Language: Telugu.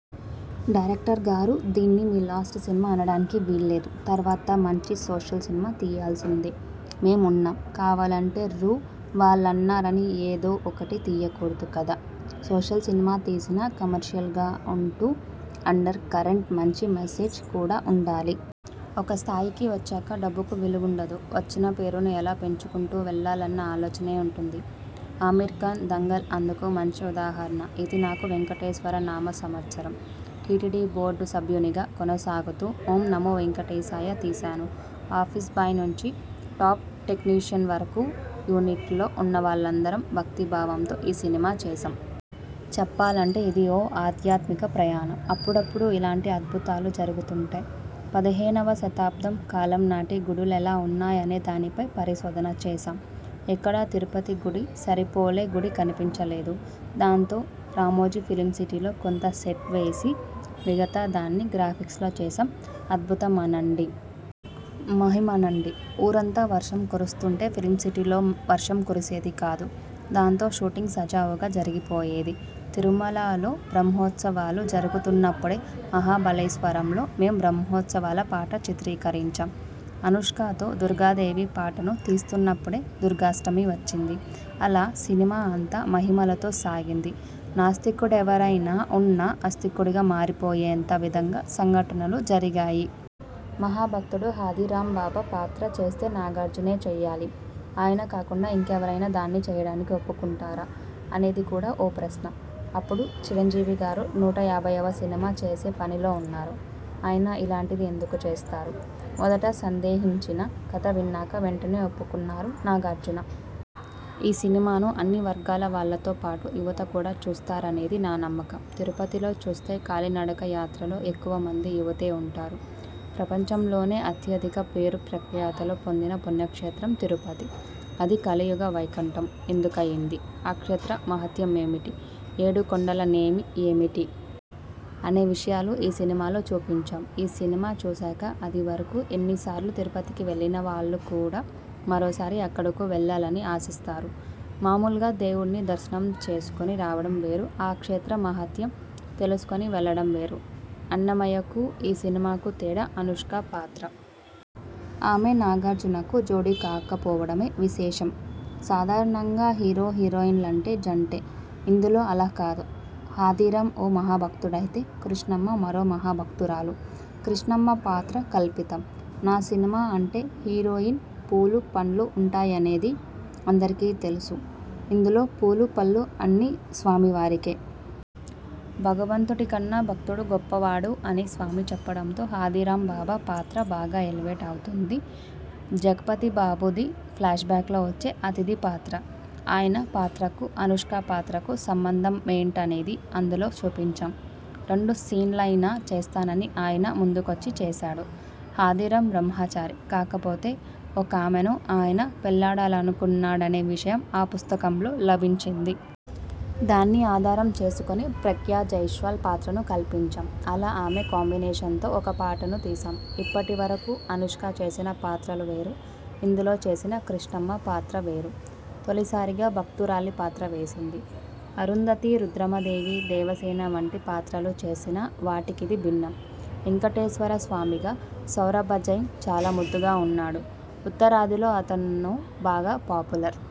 డైరెక్టర్ గారు. దీన్ని మీ లాస్ట్ సినిమా అనడానికి వీల్లేదు. తర్వాత మంచి సోషల్ సినిమా తియ్యాల్సిందే. మేం ఉన్నాం. కావాలంటే రూ. వాళ్లన్నారని ఏదో ఒకటి తియ్యకూడదు కదా. సోషల్ సినిమా తీసినా, కమర్షియల్గా ఉంటూ అండర్ కరెంట్ మంచి మెసేజ్ కూడా ఉండాలి. ఒక స్థాయికి వచ్చాక డబ్బుకు విలువుండదు. వచ్చిన పేరును ఎలా పెంచుకుంటూ వెళ్లాలన్న ఆలోచనే ఉంటుంది. అమీర్ఖాన 'దంగల్' అందుకు మంచి ఉదాహరణ ఇది నాకు వేంకటేశ్వరనామ సంవత్సరం. టీటీడీ బోర్డు సభ్యునిగా కొనసాగుతూ, 'ఓం నమో వేంకటేశాయ' తీశాను. ఆఫీస్ బాయ్ నుంచి టాప్ టెక్నీషియన్ వరకూ యూనిట్లో ఉన్నవాళ్లందరం భక్తిభావంతో ఈ సినిమా చేశాం. చెప్పాలంటే ఇది ఓ ఆధ్యాత్మిక ప్రయాణం. అప్పుడప్పుడూ ఇలాంటి అద్భుతాలు జరుగుతుంటాయి. పదిహేనువ శతాబ్దం కాలం నాటి గుడులెలా ఉన్నాయనేదానిపై పరిశోధన చేశాం ఎక్కడా తిరుపతి గుడికి సరిపోలే గుడి కనిపించలేదు. దాంతో రామోజీ ఫిల్మ్సిటీలో కొంత సెట్వేసి, మిగతా దాన్ని గ్రాఫిక్స్లో చేశాం. అధ్బుతమనండి.. మహిమనండి.. ఊరంతా వర్షం కురుస్తుంటే ఫిల్మ్సిటీలో వర్షం కురిసేది కాదు. దాంతో షూటింగ్ సజావుగా జరిగిపోయేది. తిరుమలలో బ్రహ్మోత్సవాలు జరుగుతున్నప్పుడే మహాబలేశ్వరంలో మేం బ్రహ్మోత్సవాల పాట చిత్రీకరించాం. అనుష్కతో దుర్గాదేవి పాటను తీస్తున్నప్పుడే దుర్గాష్టమి వచ్చింది. అలా సినిమా అంతా మహిమలతో సాగింది. నాస్తికుడెవరైనా ఉన్నా ఆస్తికుడిగా మారిపోయేంత విధంగా సంఘటనలు జరిగాయి. మహాభక్తుడు హాథీరామ్బాబా పాత్ర చేస్తే నాగార్జునే చెయ్యాలి. ఆయన కాకుండా ఇంకెవరైనా దాన్ని చెయ్యడానికి ఒప్పుకుంటారా? అనేది కూడా ఓ ప్రశ్న. అప్పుడు చిరంజీవిగారు నూట యాభైవ సినిమా చేసే పనిలో ఉన్నారు ఆయన ఇలాంటిది ఎందుకు చేస్తారు? మొదట సందేహించినా కథ విన్నాక వెంటనే ఒప్పేసుకున్నారు నాగార్జున. ఈ సినిమాను అన్ని వర్గాలవాళ్లతో పాటు యువత కూడా చూస్తారనేది నా నమ్మకం. తిరుపతిలో చూస్తే కాలినడక యాత్రలో ఎక్కువమంది యువతే ఉంటారు. ప్రపంచంలోనే అత్యధిక పేరు ప్రఖ్యాతులు పొందిన పుణ్యక్షేత్రం తిరుపతి. అది 'కలియుగ వైకుంఠం' ఎందుకయ్యింది? ఆ క్షేత్ర మహాత్యం ఏమిటి? ఏడు కొండలనేవి ఏమిటి? అనే విషయాలు ఈ సినిమాలో చూపించాం. ఈ సినిమా చూశాక అదివరకు ఎన్నిసార్లు తిరుపతికి వెళ్లినవాళ్లు కూడా మరోసారి అక్కడకు వెళ్లాలని ఆశిస్తారు. మామూలుగా దేవుడ్ని దర్శనం చేసుకుని రావడం వేరు, ఆ క్షేత్ర మహాత్యం తెలుసుకొని వెళ్లడం వేరు. 'అన్నమయ్య'కూ, ఈ సినిమాకూ తేడా అనుష్క పాత్ర. ఆమె నాగార్జునకు జోడీ కాకపోవడం విశేషం. సాధారణంగా హీరో హీరోయిన్లంటే జంటే. ఇందులో అలా కాదు. హాథీరాం ఓ మహాభక్తుడైతే, కృష్ణమ్మ మరో మహాభక్తురాలు. కృష్ణమ్మ పాత్ర కల్పితం. నా సినిమా అంటే హీరోయిన, పూలు, పళ్లు ఉంటాయనేది అందరికీ తెలుసు. ఇందులో పూలు, పళ్లు అన్నీ స్వామివారికే. భగవంతుడికన్నా భక్తుడు గొప్పవాడు అని స్వామి చెప్పడంతో హాథీరామ్బాబా పాత్ర బాగా ఎలివేట్ అవుతుంది. జగపతిబాబుది ఫ్లాష్బ్యాక్లో వచ్చే అతిథి పాత్ర. ఆయన పాత్రకూ, అనుష్క పాత్రకూ సంబంధమేంటనేది అందులో చూపించాం. రెండు సీన్లయినా చేస్తానని ఆయన ముందుకొచ్చి చేశాడు. హాథీరామ్ బ్రహ్మచారి. కాకపోతే ఒకామెను ఆయన పెళ్లాడాలనుకున్నాడనే విషయం ఓ పుస్తకంలో లభించింది. దాన్ని ఆధారం చేసుకొని ప్రగ్యా జైస్వాల్ పాత్రను కల్పించాం. అలా ఆమె కాంబినేషనతో ఓ పాటను తీశాం. ఇప్పటివరకూ అనుష్క చేసిన పాత్రలు వేరు, ఇందులో చేసిన కృష్ణమ్మ పాత్ర వేరు. తొలిసారిగా భక్తురాలి పాత్ర వేసింది. అరుంధతి, రుద్రమదేవి, దేవసేన వంటి పాత్రలు చేసినా, వాటికిది భిన్నం. వేంకటేశ్వరస్వామిగా సౌరభ్జైన చాలా ముద్దుగా ఉన్నాడు. ఉత్తరాదిలో అతను బాగా పాపులర్.